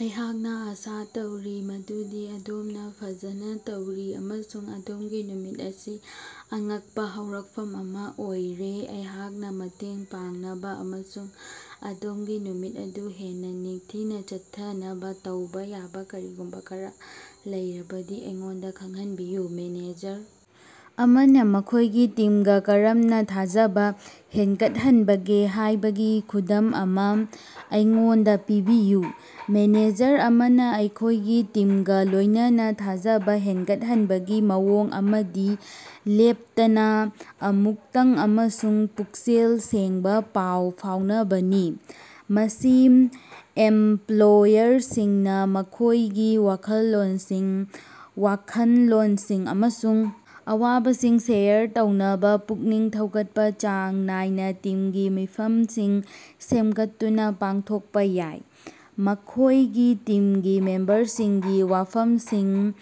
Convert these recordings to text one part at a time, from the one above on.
ꯑꯩꯍꯥꯛꯅ ꯑꯥꯁꯥ ꯇꯧꯔꯤ ꯃꯗꯨꯗꯤ ꯑꯗꯣꯝꯅ ꯐꯖꯅ ꯇꯧꯔꯤ ꯑꯃꯁꯨꯡ ꯑꯗꯣꯝꯒꯤ ꯅꯨꯃꯤꯠ ꯑꯁꯤ ꯑꯉꯛꯄ ꯍꯧꯔꯛꯐꯝ ꯑꯃ ꯑꯣꯏꯔꯦ꯫ ꯑꯩꯍꯥꯛꯅ ꯃꯇꯦꯡ ꯄꯥꯡꯅꯕ ꯑꯃꯁꯨꯡ ꯑꯗꯣꯝꯒꯤ ꯅꯨꯃꯤꯠ ꯑꯗꯨ ꯍꯦꯟꯅ ꯅꯤꯡꯊꯤꯅ ꯆꯠꯊꯅꯕ ꯇꯧꯕ ꯌꯥꯕ ꯀꯔꯤꯒꯨꯝꯕ ꯈꯔ ꯂꯩꯔꯕꯗꯤ ꯑꯩꯉꯣꯟꯗ ꯈꯪꯍꯟꯕꯤꯌꯨ꯫ ꯃꯦꯅꯦꯖꯔ ꯑꯃꯅ ꯃꯈꯣꯏꯒꯤ ꯇꯤꯝꯒ ꯀꯔꯝꯅ ꯊꯥꯖꯕ ꯍꯦꯟꯒꯠꯍꯟꯕꯒꯦ ꯍꯥꯏꯕꯒꯤ ꯈꯨꯗꯝ ꯑꯃ ꯑꯩꯉꯣꯟꯗ ꯄꯤꯕꯤꯌꯨ꯫ ꯃꯦꯅꯦꯖꯔ ꯑꯃꯅ ꯃꯈꯣꯏꯒꯤ ꯇꯤꯝꯒ ꯂꯣꯏꯅꯅ ꯊꯥꯖꯕ ꯍꯦꯟꯒꯠꯍꯟꯕꯒꯤ ꯃꯑꯣꯡ ꯑꯃꯗꯤ ꯂꯦꯞꯇꯅ ꯑꯃꯨꯛꯇꯪ ꯑꯃꯁꯨꯡ ꯄꯨꯛꯆꯦꯜ ꯁꯦꯡꯕ ꯄꯥꯎ ꯐꯥꯎꯅꯕꯅꯤ꯫ ꯃꯁꯤ ꯑꯦꯝꯄ꯭ꯂꯣꯌꯔꯁꯤꯡꯅ ꯃꯈꯣꯏꯒꯤ ꯋꯥꯈꯜꯂꯣꯟꯁꯤꯡ, ꯋꯥꯈꯜꯂꯣꯟꯁꯤꯡ ꯑꯃꯁꯨꯡ ꯑꯋꯥꯕꯁꯤꯡ ꯁꯦꯌꯔ ꯇꯧꯅꯕ ꯄꯨꯛꯅꯤꯡ ꯊꯧꯒꯠꯄ ꯆꯥꯡ ꯅꯥꯏꯅ ꯇꯤꯝꯒꯤ ꯃꯤꯐꯝꯁꯤꯡ ꯁꯦꯝꯒꯠꯇꯨꯅ ꯄꯥꯡꯊꯣꯛꯄ ꯌꯥꯏ꯫ ꯃꯈꯣꯏꯒꯤ ꯇꯤꯝꯒꯤ ꯃꯦꯝꯕꯔꯁꯤꯡꯒꯤ ꯋꯥꯐꯝꯁꯤꯡ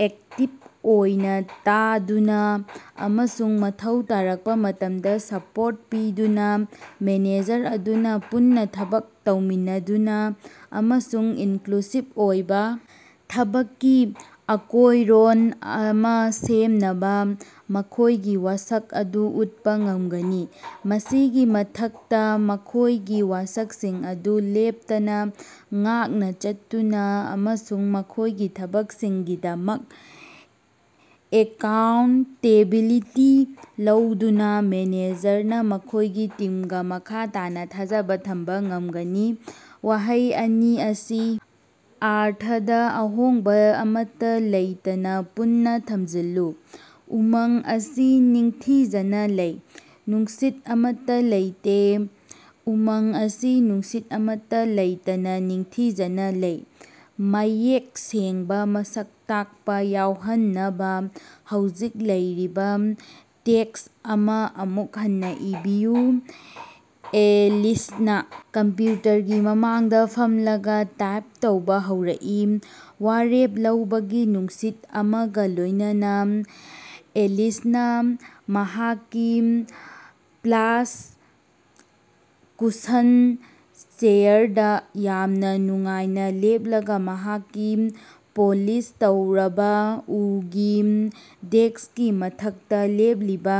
ꯑꯦꯛꯇꯤꯚ ꯑꯣꯏꯅ ꯇꯥꯗꯨꯅ ꯑꯃꯁꯨꯡ ꯃꯊꯧ ꯇꯥꯔꯛꯄ ꯃꯇꯝꯗ ꯁꯄꯣꯔꯠ ꯄꯤꯗꯨꯅ, ꯃꯦꯅꯦꯖꯔ ꯑꯗꯨꯅ ꯄꯨꯟꯅ ꯊꯕꯛ ꯇꯧꯃꯤꯟꯅꯗꯨꯅ ꯑꯃꯁꯨꯡ ꯏꯟꯀ꯭ꯂꯨꯁꯤꯚ ꯑꯣꯏꯕ ꯊꯕꯛꯀꯤ ꯑꯀꯣꯏꯔꯣꯟ ꯑꯃ ꯁꯦꯝꯅꯕ ꯃꯈꯣꯏꯒꯤ ꯋꯥꯁꯛ ꯑꯗꯨ ꯎꯠꯄ ꯉꯝꯒꯅꯤ꯫ ꯃꯁꯤꯒꯤ ꯃꯊꯛꯇ, ꯃꯈꯣꯏꯒꯤ ꯋꯥꯁꯛꯁꯤꯡ ꯑꯗꯨ ꯂꯦꯞꯇꯅ ꯉꯥꯛꯅ ꯆꯠꯇꯨꯅ ꯑꯃꯁꯨꯡ ꯃꯈꯣꯏꯒꯤ ꯊꯕꯛꯁꯤꯡꯒꯤꯗꯃꯛ ꯑꯦꯀꯥꯎꯟꯇꯦꯕꯤꯂꯤꯇꯤ ꯂꯧꯗꯨꯅ, ꯃꯦꯅꯦꯖꯔꯅ ꯃꯈꯣꯏꯒꯤ ꯇꯤꯝꯒ ꯃꯈꯥ ꯇꯥꯅ ꯊꯥꯖꯕ ꯊꯝꯕ ꯉꯝꯒꯅꯤ꯫ ꯋꯥꯍꯩ ꯑꯅꯤ ꯑꯁꯤ ꯑꯔꯊꯗ ꯑꯍꯣꯡꯕ ꯑꯃꯠꯇ ꯂꯩꯇꯅ ꯄꯨꯟꯅ ꯊꯝꯖꯤꯜꯂꯨ꯫ ꯎꯃꯪ ꯑꯁꯤ ꯅꯤꯡꯊꯤꯖꯅ ꯂꯩ꯫ ꯅꯨꯡꯁꯤꯠ ꯑꯃꯠꯇ ꯂꯩꯇꯦ꯫ ꯎꯃꯪ ꯑꯁꯤ ꯅꯨꯡꯁꯤꯠ ꯑꯃꯠꯇ ꯂꯩꯇꯅ ꯅꯤꯡꯊꯤꯖꯅ ꯂꯩ꯫ ꯃꯌꯦꯛ ꯁꯦꯡꯕ ꯃꯁꯛ ꯇꯥꯛꯄ ꯌꯥꯎꯍꯟꯅꯕ ꯍꯧꯖꯤꯛ ꯂꯩꯔꯤꯕ ꯇꯦꯛꯁ ꯑꯃ ꯑꯃꯨꯛ ꯍꯟꯅ ꯏꯕꯤꯌꯨ꯫ ꯑꯦꯂꯤꯁꯅ ꯀꯝꯄ꯭ꯌꯨꯇꯔꯒꯤ ꯃꯃꯥꯡꯗ ꯐꯝꯂꯒ ꯇꯥꯏꯞ ꯇꯧꯕ ꯍꯧꯔꯛꯏ꯫ ꯋꯥꯔꯦꯞ ꯂꯧꯕꯒꯤ ꯅꯨꯡꯁꯤꯠ ꯑꯃꯒ ꯂꯣꯏꯅꯅ ꯑꯦꯂꯤꯁꯅ ꯃꯍꯥꯛꯀꯤ ꯄ꯭ꯂꯥꯁ, ꯀꯨꯁꯟ ꯆꯦꯌꯔꯗ ꯌꯥꯝꯅ ꯅꯨꯡꯉꯥꯏꯅ ꯂꯦꯞꯂꯒ ꯃꯍꯥꯛꯀꯤ ꯄꯣꯂꯤꯁ ꯇꯧꯔꯕ ꯎꯒꯤ ꯗꯦꯛꯁꯀꯤ ꯃꯊꯛꯇ ꯂꯦꯞꯂꯤꯕ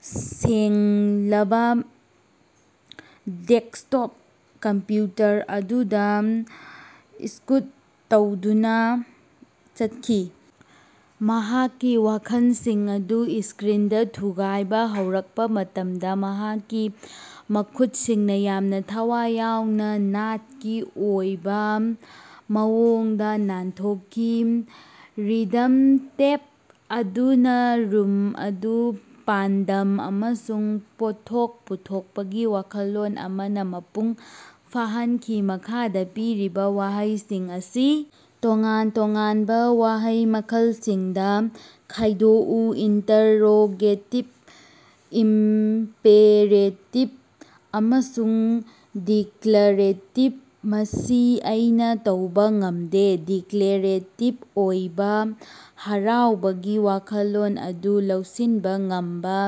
ꯁꯦꯡꯂꯕ ꯗꯦꯛꯁꯇꯣꯞ ꯀꯝꯄ꯭ꯌꯨꯇꯔ ꯑꯗꯨꯗ ꯁ꯭ꯀꯨꯠ ꯇꯧꯗꯨꯅ ꯆꯠꯈꯤ꯫ ꯃꯍꯥꯛꯀꯤ ꯋꯥꯈꯜꯁꯤꯡ ꯑꯗꯨ ꯁ꯭ꯀꯔꯤꯟꯗ ꯊꯨꯒꯥꯏꯕ ꯍꯧꯔꯛꯄ ꯃꯇꯝꯗ ꯃꯍꯥꯛꯀꯤ ꯃꯈꯨꯠꯁꯤꯡꯅ ꯌꯥꯝꯅ ꯊꯋꯥꯏ ꯌꯥꯎꯅ ꯅꯥꯠꯀꯤ ꯑꯣꯏꯕ ꯃꯑꯣꯡꯗ ꯅꯥꯟꯊꯣꯛꯈꯤ, ꯔꯤꯗꯝ ꯇꯦꯞ ꯑꯗꯨꯅ ꯔꯨꯝ ꯑꯗꯨ ꯄꯥꯟꯗꯝ ꯑꯃꯁꯨꯡ ꯄꯣꯠꯊꯣꯛ ꯄꯨꯊꯣꯛꯄꯒꯤ ꯋꯥꯈꯜꯂꯣꯟ ꯑꯃꯅ ꯃꯄꯨꯡ ꯐꯥꯍꯟꯈꯤ꯫ ꯃꯈꯥꯗ ꯄꯤꯔꯤꯕ ꯋꯥꯍꯩꯁꯤꯡ ꯑꯁꯤ ꯇꯣꯉꯥꯟ ꯇꯣꯉꯥꯟꯕ ꯋꯥꯍꯩ ꯃꯈꯜꯁꯤꯡꯗ ꯈꯥꯏꯗꯣꯛꯎ – ꯏꯟꯇꯔꯔꯣꯒꯦꯇꯤꯕ, ꯏꯝꯄꯦꯔꯦꯇꯤꯕ, ꯑꯃꯁꯨꯡ ꯗꯤꯀ꯭ꯂꯔꯦꯇꯤꯕ꯫ ꯃꯁꯤ ꯑꯩꯅ ꯇꯧꯕ ꯉꯝꯗꯦ꯫ ꯗꯤꯀ꯭ꯂꯔꯦꯇꯤꯕ ꯑꯣꯏꯕ꯫ ꯍꯔꯥꯎꯕꯒꯤ ꯋꯥꯈꯜꯂꯣꯟ ꯑꯗꯨ ꯂꯧꯁꯤꯟꯕ ꯉꯝꯕ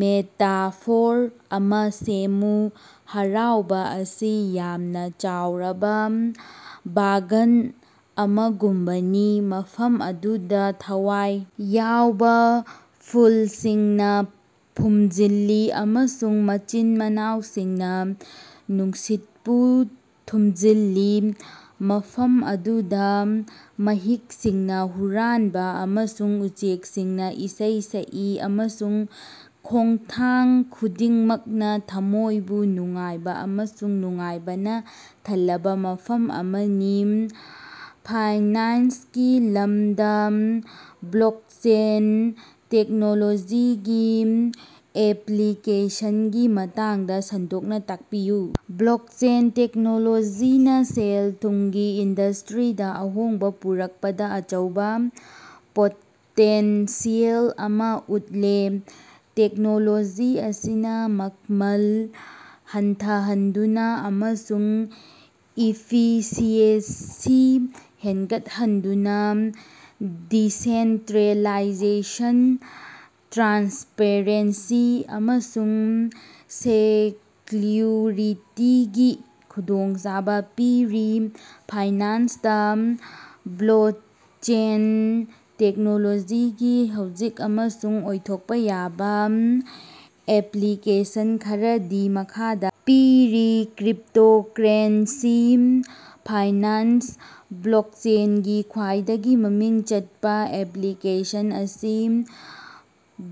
ꯃꯦꯇꯥꯐꯣꯔ ꯑꯃ ꯁꯦꯝꯃꯨ꯫ ꯍꯔꯥꯎꯕ ꯑꯁꯤ ꯌꯥꯝꯅ ꯆꯥꯎꯔꯕ ꯕꯒꯥꯟ ꯑꯃꯒꯨꯝꯕꯅꯤ, ꯃꯐꯝ ꯑꯗꯨꯗ ꯊꯋꯥꯏ ꯌꯥꯎꯕ ꯐꯨꯜꯁꯤꯡꯅ ꯐꯨꯝꯖꯤꯜꯂꯤ ꯑꯃꯁꯨꯡ ꯃꯆꯤꯟ-ꯃꯅꯥꯎꯁꯤꯡꯅ ꯅꯨꯡꯁꯤꯠꯄꯨ ꯊꯨꯝꯖꯤꯜꯂꯤ, ꯃꯐꯝ ꯑꯗꯨꯗ ꯃꯍꯤꯛꯁꯤꯡꯅ ꯍꯨꯔꯥꯟꯕ ꯑꯃꯁꯨꯡ ꯎꯆꯦꯛꯁꯤꯡꯅ ꯏꯁꯩ ꯁꯛꯏ, ꯑꯃꯁꯨꯡ ꯈꯣꯡꯊꯥꯡ ꯈꯨꯗꯤꯡꯃꯛꯅ ꯊꯝꯃꯣꯏꯕꯨ ꯅꯨꯡꯉꯥꯏꯕ ꯑꯃꯁꯨꯡ ꯅꯨꯡꯉꯥꯏꯕꯅ ꯊꯜꯂꯕ ꯃꯐꯝ ꯑꯃꯅꯤ꯫ ꯐꯥꯏꯅꯥꯟꯁꯀꯤ ꯂꯝꯗ ꯕ꯭ꯂꯣꯛꯆꯦꯟ ꯇꯦꯛꯅꯣꯂꯣꯖꯤꯒꯤ ꯑꯦꯄ꯭ꯂꯤꯀꯦꯁꯟꯒꯤ ꯃꯇꯥꯡꯗ ꯁꯟꯗꯣꯛꯅ ꯇꯥꯛꯄꯤꯌꯨ꯫ ꯕ꯭ꯂꯣꯛꯆꯦꯟ ꯇꯦꯛꯅꯣꯂꯣꯖꯤꯅ ꯁꯦꯜ-ꯊꯨꯝꯒꯤ ꯏꯟꯗꯁꯇ꯭ꯔꯤꯗ ꯑꯍꯣꯡꯕ ꯄꯨꯔꯛꯄꯗ ꯑꯆꯧꯕ ꯄꯣꯇꯦꯟꯁꯤꯌꯦꯜ ꯑꯃ ꯎꯠꯂꯦ꯫ ꯇꯦꯛꯅꯣꯂꯣꯖꯤ ꯑꯁꯤꯅ ꯃꯃꯜ ꯍꯟꯊꯍꯟꯗꯨꯅ ꯑꯃꯁꯨꯡ ꯏꯐꯤꯁꯤꯑꯦꯟꯁꯤ ꯍꯦꯟꯒꯠꯍꯟꯗꯨꯅ ꯗꯤꯁꯦꯟꯇ꯭ꯔꯦꯂꯥꯏꯖꯦꯁꯟ, ꯇ꯭ꯔꯥꯟꯁꯄꯔꯦꯟꯁꯤ, ꯑꯃꯁꯨꯡ ꯁꯦꯀ꯭ꯌꯨꯔꯤꯇꯤꯒꯤ ꯈꯨꯗꯣꯡꯆꯥꯕ ꯄꯤꯔꯤ꯫ ꯐꯥꯏꯅꯥꯟꯁꯇ ꯕ꯭ꯂꯣꯀꯆꯦꯟ ꯇꯦꯛꯅꯣꯂꯣꯖꯤꯒꯤ ꯍꯧꯖꯤꯛ ꯑꯃꯁꯨꯡ ꯑꯣꯏꯊꯣꯛꯄ ꯌꯥꯕ ꯑꯦꯄ꯭ꯂꯤꯀꯦꯁꯟ ꯈꯔꯗꯤ ꯃꯈꯥꯗ ꯄꯤꯔꯤ꯫ ꯀ꯭ꯔꯤꯞꯇꯣꯀꯔꯦꯟꯁꯤ: ꯐꯥꯏꯅꯥꯟꯁꯇ ꯕ꯭ꯂꯣꯛꯆꯦꯟꯒꯤ ꯈ꯭ꯋꯥꯏꯗꯒꯤ ꯃꯃꯤꯡ ꯆꯠꯄ ꯑꯦꯄ꯭ꯂꯤꯀꯦꯁꯟ ꯑꯁꯤ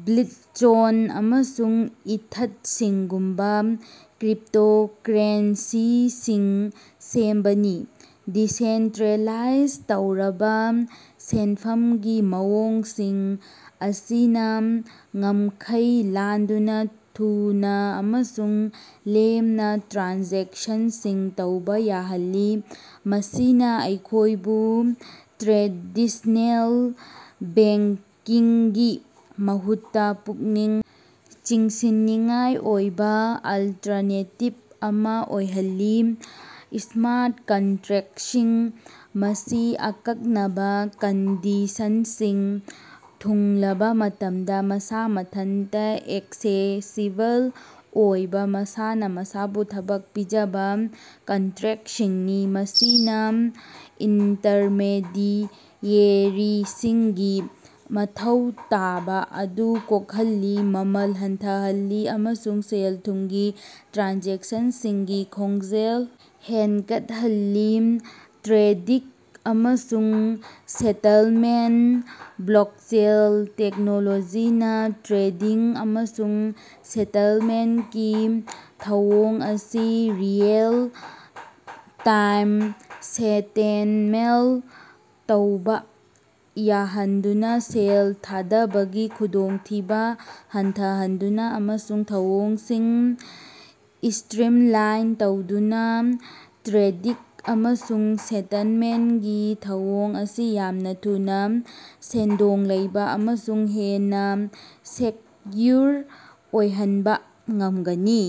ꯕꯤꯠꯆꯣꯟ ꯑꯃꯁꯨꯡ ꯏꯊꯠꯁꯤꯡꯒꯨꯝꯕ ꯀ꯭ꯔꯤꯞꯇꯣꯀꯔꯦꯟꯁꯤꯁꯤꯡ ꯁꯦꯝꯕꯅꯤ꯫ ꯗꯤꯁꯦꯟꯇ꯭ꯔꯦꯂꯥꯏꯖ ꯇꯧꯔꯕ ꯁꯦꯟꯐꯝꯒꯤ ꯃꯑꯣꯡꯁꯤꯡ ꯑꯁꯤꯅ ꯉꯝꯈꯩ ꯂꯥꯟꯗꯨꯅ ꯊꯨꯅ ꯑꯃꯁꯨꯡ ꯂꯦꯝꯅ ꯇ꯭ꯔꯥꯟꯖꯦꯛꯁꯟꯁꯤꯡ ꯇꯧꯕ ꯌꯥꯍꯜꯂꯤ, ꯃꯁꯤꯅ ꯃꯈꯣꯏꯕꯨ ꯇ꯭ꯔꯦꯗꯤꯁꯅꯦꯜ ꯕꯦꯡꯀꯤꯡꯒꯤ ꯃꯍꯨꯠꯇ ꯄꯨꯛꯅꯤꯡ ꯆꯤꯡꯁꯤꯟꯅꯤꯡꯉꯥꯏ ꯑꯣꯏꯕ ꯑꯜꯇꯔꯅꯦꯇꯤꯕ ꯑꯃ ꯑꯣꯏꯍꯜꯂꯤ꯫ ꯁ꯭ꯃꯥꯔꯠ ꯀꯟꯇ꯭ꯔꯦꯛꯁꯤꯡ: ꯃꯁꯤ ꯑꯀꯛꯅꯕ ꯀꯟꯗꯤꯁꯟꯁꯤꯡ ꯊꯨꯡꯂꯕ ꯃꯇꯝꯗ ꯃꯁꯥ ꯃꯊꯟꯇ ꯑꯦꯛꯁꯦꯁꯤꯕꯜ ꯑꯣꯏꯕ ꯃꯁꯥꯅ ꯃꯁꯥꯕꯨ ꯊꯕꯛ ꯄꯤꯖꯕ ꯀꯟꯇ꯭ꯔꯦꯛꯁꯤꯡꯅꯤ꯫ ꯃꯁꯤꯅ ꯏꯟꯇꯔꯃꯦꯗꯤꯑꯦꯔꯤꯁꯤꯡꯒꯤ ꯃꯊꯧ ꯇꯥꯕ ꯑꯗꯨ ꯀꯣꯛꯍꯜꯂꯤ, ꯃꯃꯜ ꯍꯟꯊꯍꯜꯂꯤ ꯑꯃꯁꯨꯡ ꯁꯦꯜ-ꯊꯨꯝꯒꯤ ꯇ꯭ꯔꯥꯟꯖꯦꯛꯁꯟꯁꯤꯡꯒꯤ ꯈꯣꯡꯖꯦꯜ ꯍꯦꯟꯒꯠꯍꯜꯂꯤ꯫ ꯇ꯭ꯔꯦꯗꯤꯡ ꯑꯃꯁꯨꯡ ꯁꯦꯇꯜꯃꯦꯟꯠ: ꯕ꯭ꯂꯣꯛꯆꯦꯟ ꯇꯦꯛꯅꯣꯂꯣꯖꯤꯅ ꯇ꯭ꯔꯦꯗꯤꯡ ꯑꯃꯁꯨꯡ ꯁꯦꯇꯜꯃꯦꯟꯠꯀꯤ ꯊꯧꯑꯣꯡ ꯑꯁꯤ ꯔꯤꯑꯦꯜ-ꯇꯥꯏꯝ ꯁꯦꯇꯜꯃꯦꯟꯠ ꯇꯧꯕ ꯌꯥꯍꯟꯗꯨꯅ, ꯁꯦꯜ ꯊꯥꯗꯕꯒꯤ ꯈꯨꯗꯣꯡꯊꯤꯕ ꯍꯟꯊꯍꯟꯗꯨꯅ ꯑꯃꯁꯨꯡ ꯊꯧꯑꯣꯡꯁꯤꯡ ꯁ꯭ꯇꯔꯤꯝꯂꯥꯏꯟ ꯇꯧꯗꯨꯅ ꯇ꯭ꯔꯦꯗꯤꯡ ꯑꯃꯁꯨꯡ ꯁꯦꯇꯜꯃꯦꯟꯠꯀꯤ ꯊꯧꯑꯣꯡ ꯑꯁꯤ ꯌꯥꯝꯅ ꯊꯨꯅ, ꯁꯦꯟꯗꯣꯡ ꯂꯩꯕ ꯑꯃꯁꯨꯡ ꯍꯦꯟꯅ ꯁꯦꯛꯌꯨꯔ ꯑꯣꯏꯍꯟꯕ ꯉꯝꯒꯅꯤ꯫